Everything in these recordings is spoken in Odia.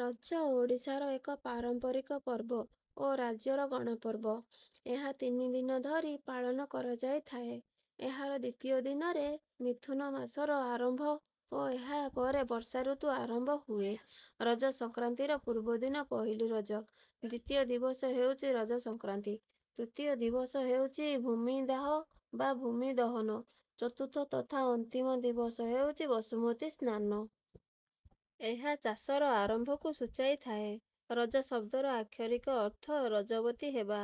ରଜ ଓଡ଼ିଶାର ଏକ ପାରମ୍ପାରିକ ପର୍ବ ଓ ରାଜ୍ୟର ଗଣପର୍ବ। ଏହା ତିନିଦିନ ଧରି ପାଳନ କରାଯାଇଥାଏ। ଏହାର ଦ୍ୱିତୀୟ ଦିନରେ ମିଥୁନ ମାସର ଆରମ୍ଭ ଓ ଏହା ପରେ ବର୍ଷା ଋତୁ ଆରମ୍ଭ ହୁଏ। ରଜ ସଂକ୍ରାନ୍ତିର ପୂର୍ବଦିନ ପହିଲି ରଜ, ଦ୍ୱିତୀୟ ଦିବସ ହେଉଛି ରଜ ସଂକ୍ରାନ୍ତି, ତୃତୀୟ ଦିବସ ହେଉଛି ଭୂମିଦାହ ବା ଭୂମି ଦହନ, ଚତୁର୍ଥ ତଥା ଅନ୍ତିମ ଦିବସ ହେଉଛି ବସୁମତୀ ସ୍ନାନ। ଏହା ଚାଷର ଆରମ୍ଭକୁ ସୂଚାଇଥାଏ। ରଜ ଶବ୍ଦର ଆକ୍ଷରିକ ଅର୍ଥ ରଜବତୀ ହେବା,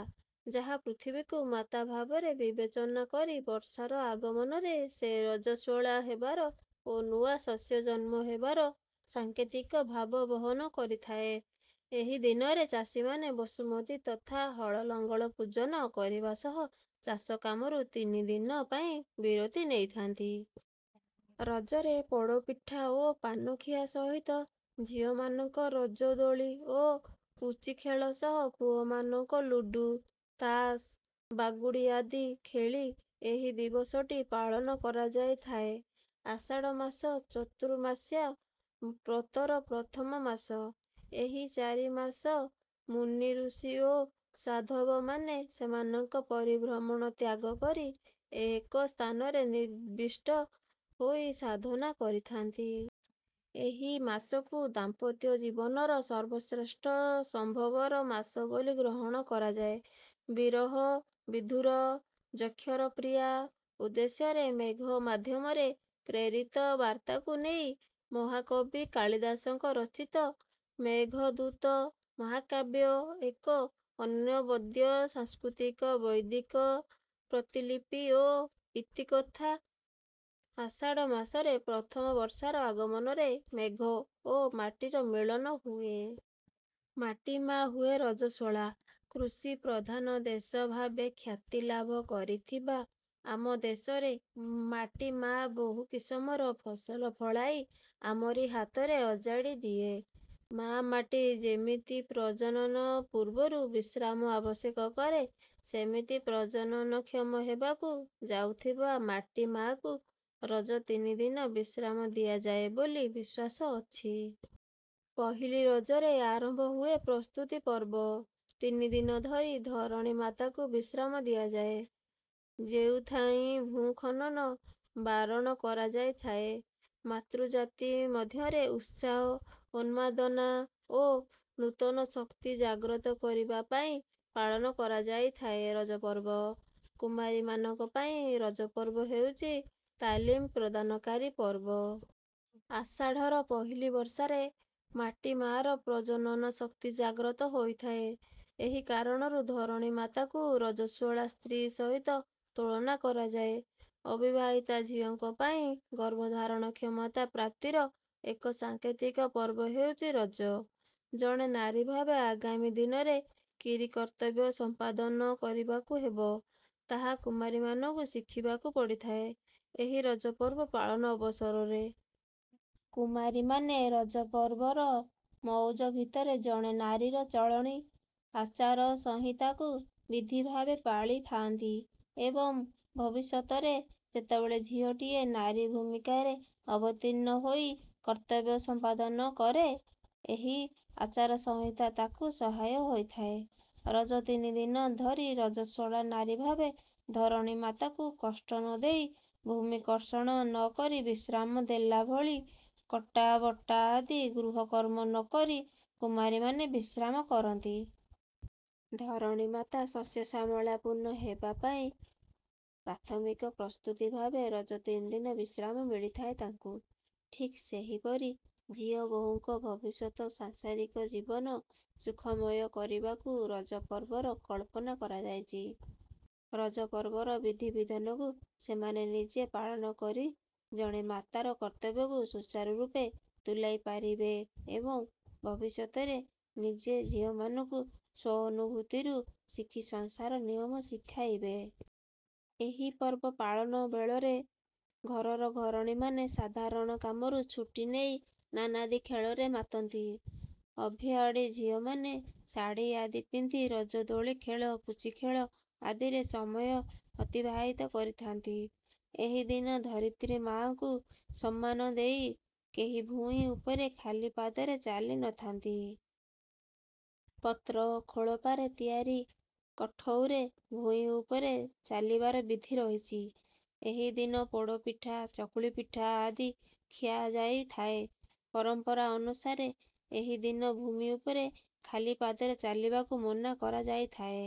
ଯାହା ପୃଥିବୀକୁ ମାତା ଭାବରେ ବିବେଚନା କରି ବର୍ଷାର ଆଗମନରେ ସେ ରଜସ୍ୱଳା ହେବାର ଓ ନୂଆ ଶସ୍ୟ ଜନ୍ମ ହେବାର ସାଙ୍କେତିକ ଭାବ ବହନ କରିଥାଏ। ଏହି ଦିନରେ ଚାଷୀମାନେ ବସୁମତୀ ତଥା ହଳଲଙ୍ଗଳ ପୂଜନ କରିବା ସହ ଚାଷ କାମରୁ ତିନି ଦିନ ପାଇଁ ବିରତି ନେଇଥାନ୍ତି। ରଜରେ ପୋଡ଼ ପିଠା ଓ ପାନ ଖିଆ ସହିତ ଝିଅମାନଙ୍କ ରଜ ଦୋଳି ଓ ପୁଚି ଖେଳ ସହ ପୁଅମାନଙ୍କ ଲୁଡୁ, ତାସ, ବାଗୁଡ଼ି ଆଦି ଖେଳି ଏହି ଦିବସଟି ପାଳନ କରାଯାଇଥାଏ। ଆଷାଢ ମାସ ଚତୁର୍ମାସ୍ୟା ବ୍ରତର ପ୍ରଥମ ମାସ। ଏ ଚାରି ମାସ ମୁନି ଋଷି ଓ ସାଧବ ମାନେ ସେମାନଙ୍କ ପରିଭ୍ରମଣ ତ୍ୟାଗ କରି ଏକସ୍ଥାନରେ ନିବିଷ୍ଟ ହୋଇ ସାଧନା କରିଥା'ନ୍ତି। ଏହି ମାସକୁ ଦାମ୍ପତ୍ୟ ଜୀବନର ସର୍ବଶ୍ରେଷ୍ଠ ସମ୍ଭୋଗର ମାସ ବୋଲି ଗ୍ରହଣ କରାଯାଏ। ବିରହ, ବିଧୂର ଯକ୍ଷର ପ୍ରିୟା ଉଦ୍ଦେଶ୍ୟରେ ମେଘ ମାଧ୍ୟମରେ ପ୍ରେରିତ ବାର୍ତ୍ତାକୁ ନେଇ ମହାକବି କାଳିଦାସଙ୍କ ରଚିତ "ମେଘଦୂତ' ମହାକାବ୍ୟ ଏକ ଅନବଦ୍ୟ ସାଂସ୍କୃତିକ ବୌଦ୍ଧିକ ପ୍ରତିଲିିପି ଓ ଇତିକଥା। ଆଷାଢ଼ ମାସରେ ପ୍ରଥମ ବର୍ଷାର ଆଗମନରେ ମେଘ ଓ ମାଟିର ମିଳନ ହୁଏ। ମାଟି ମା' ହୁଏ ରଜସ୍ୱଳା। କୃଷି ପ୍ରଧାନ ଦେଶ ଭାବେ ଖ୍ୟାତି ଲାଭ କରିଥିବା ଆମଦେଶରେ ମାଟି ମା' ବହୁ କିସମର ଫସଲ ଫଳାଇ ଆମରି ହାତରେ ଅଜାଡ଼ି ଦିଏ। ମା'ଟିଏ ଯେମିତି ପ୍ରଜନନ ପୂର୍ବରୁ ବିଶ୍ରାମ ଆବଶ୍ୟକ କରେ, ସେମିତି ପ୍ରଜନନକ୍ଷମ ହେବାକୁ ଯାଉଥିବା ମାଟି ମା'କୁ ରଜ ତିନିଦିନ ବିଶ୍ରାମ ଦିଆଯାଏ ବୋଲି ବିଶ୍ୱାସ ଅଛି। ପହିଲି ରଜରେ ଆରମ୍ଭ ହୁଏ ପ୍ରସ୍ତୁତି ପର୍ବ। ତିନିଦିନ ଧରି ଧରଣୀ ମାତାକୁ ବିଶ୍ରାମ ଦିଆଯାଏ, ଯେଉଁଥିାଇଁ ଭୂ ଖନନ ବାରଣ କରାଯାଇଥାଏ। ମାତୃଜାତି ମଧ୍ୟରେ ଉତ୍ସାହ, ଉନ୍ମାଦନା ଓ ନୂତନ ଶକ୍ତି ଜାଗ୍ରତ କରିବା ପାଇଁ ପାଳନ କରାଯାଇଥାଏ ରଜପର୍ବ। କୁମାରୀମାନଙ୍କ ପାଇଁ ରଜପର୍ବ ହେଉଛି ତାଲିମ ପ୍ରଦାନକାରୀ ପର୍ବ। ଆଷାଢ଼ର ପହିଲି ବର୍ଷାରେ ମାଟି ମା'ର ପ୍ରଜନନ ଶକ୍ତି ଜାଗ୍ରତ ହୋଇଥାଏ, ଏହି କାରଣରୁ ଧରଣୀମାତାକୁ ରଜସ୍ୱଳା ସ୍ତ୍ରୀ ସହିତ ତୁଳନା କରାଯାଏ। ଅବିବାହିତା ଝିଅଙ୍କ ପାଇଁ ଗର୍ଭଧାରଣ କ୍ଷମତା ପ୍ରାପ୍ତିର ଏକ ସାଙ୍କେତିକ ପର୍ବ ହେଉଛି ରଜ। ଜଣେ ନାରୀଭାବେ ଆଗାମୀ ଦିନରେ କିରି କର୍ତ୍ତବ୍ୟ ସମ୍ପାଦନ କରିବାକୁ ହେବ, ତାହା କୁମାରୀମାନଙ୍କୁ ଶିଖିବାକୁ ପଡ଼ିଥାଏ, ଏହି ରଜ ପର୍ବ ପାଳନ ଅବସରରେ। କୁମାରୀମାନେ ରଜପର୍ବର ମଉଜ ଭିତରେ ଜଣେ ନାରୀର ଚଳଣି, ଆଚାରସଂହିତାକୁ ବିଧିଭାବେ ପାଳିଥାଆନ୍ତି ଏବଂ ଭବିଷ୍ୟତରେ ଯେତେବେଳେ ଝିଅଟିଏ ନାରୀଭୂମିକାରେ ଅବତୀର୍ଣ୍ଣ ହୋଇ କର୍ତ୍ତବ୍ୟ ସମ୍ପାଦନ କରେ, ଏହି ଆଚାରସଂହିତା ତାକୁ ସହାୟ ହୋଇଥାଏ। ରଜ ତିନିଦିନ ଧରି ରଜସ୍ୱଳା ନାରୀଭାବେ ଧରଣୀମାତାକୁ କଷ୍ଟ ନ ଦେଇ ଭୂମି କର୍ଷଣ ନ କରି ବିଶ୍ରାମ ଦେଲାଭଳି କଟା, ବଟା ଆଦି ଗୃହକର୍ମ ନ କରି କୁମାରୀମାନେ ବିଶ୍ରାମ କରନ୍ତି। ଧରଣୀ ମାତା ଶସ୍ୟଶ୍ୟାମଳାପୂର୍ଣ୍ଣ ହେବା ପାଇ ପ୍ରାଥମିକ ପ୍ରସ୍ତୁତି ଭାବେ ରଜ ତିନିଦିନ ବିଶ୍ରାମ ମିଳିଥାଏ ତାଙ୍କୁ। ଠିକ ସେହିପରି ଝିଅବୋହୂମାନଙ୍କ ଭବିଷ୍ୟତ ସାଂସାରିକ ଜୀବନ ସୁଖମୟ କରିବାକୁ ରଜପର୍ବର କଳ୍ପନା କରାଯାଇଛି। ରଜପର୍ବର ବିଧିବିଧାନକୁ ସେମାନେ ନିଜେ ପାଳନ କରି ଜଣେ ମାତାର କର୍ତ୍ତବ୍ୟକୁ ସୁଚାରୁରୂପେ ତୁଲାଇପାରିବେ ଏବଂ ଭବିଷ୍ୟତରେ ନିଜ ଝିଅମାନଙ୍କୁ ସ୍ୱଅନୁଭୂତିରୁ ଶିଖି ସଂସାର ନିୟମ ଶିଖାଇବେ। ଏହି ପର୍ବ ପାଳନ ବେଳରେ ଘରର ଘରଣୀମାନେ ସାଧାରଣ କାମରୁ ଛୁଟି ନେଇ ନାନାଦି ଖେଳରେ ମାତନ୍ତି। ଅଭିଆଡ଼ି ଝିଅମାନେ ଶାଢ଼ୀ ଆଦି ପିନ୍ଧି ରଜ ଦୋଳି ଖେଳ, ପୁଚି ଖେଳ ଆଦିରେ ସମୟ ଅତିବାହିତ କରିଥାନ୍ତି। ଏହି ଦିନ ଧରିତ୍ରୀ ମାଆକୁ ସମ୍ମାନ ଦେଇ କେହି ଭୂଇଁ ଉପରେ ଖାଲି ପାଦରେ ଚାଲିନଥାନ୍ତି। ପତ୍ର/ଖୋଳପାରେ ତିଆରି କଠଉରେ ଭୂଇଁ ଉପରେ ଚାଲିବାର ବିଧି ରହିଛି। ଏହି ଦିନ ପୋଡ଼ ପିଠା, ଚକୁଳି ପିଠା ଆଦି ଖିଆଯାଇ ଥାଏ। ପରମ୍ପରା ଅନୁସାରେ ଏହି ଦିନ ଭୂମି ଉପରେ ଖାଲିପାଦରେ ଚାଲିବାକୁ ମନା କରାଯାଇଥାଏ।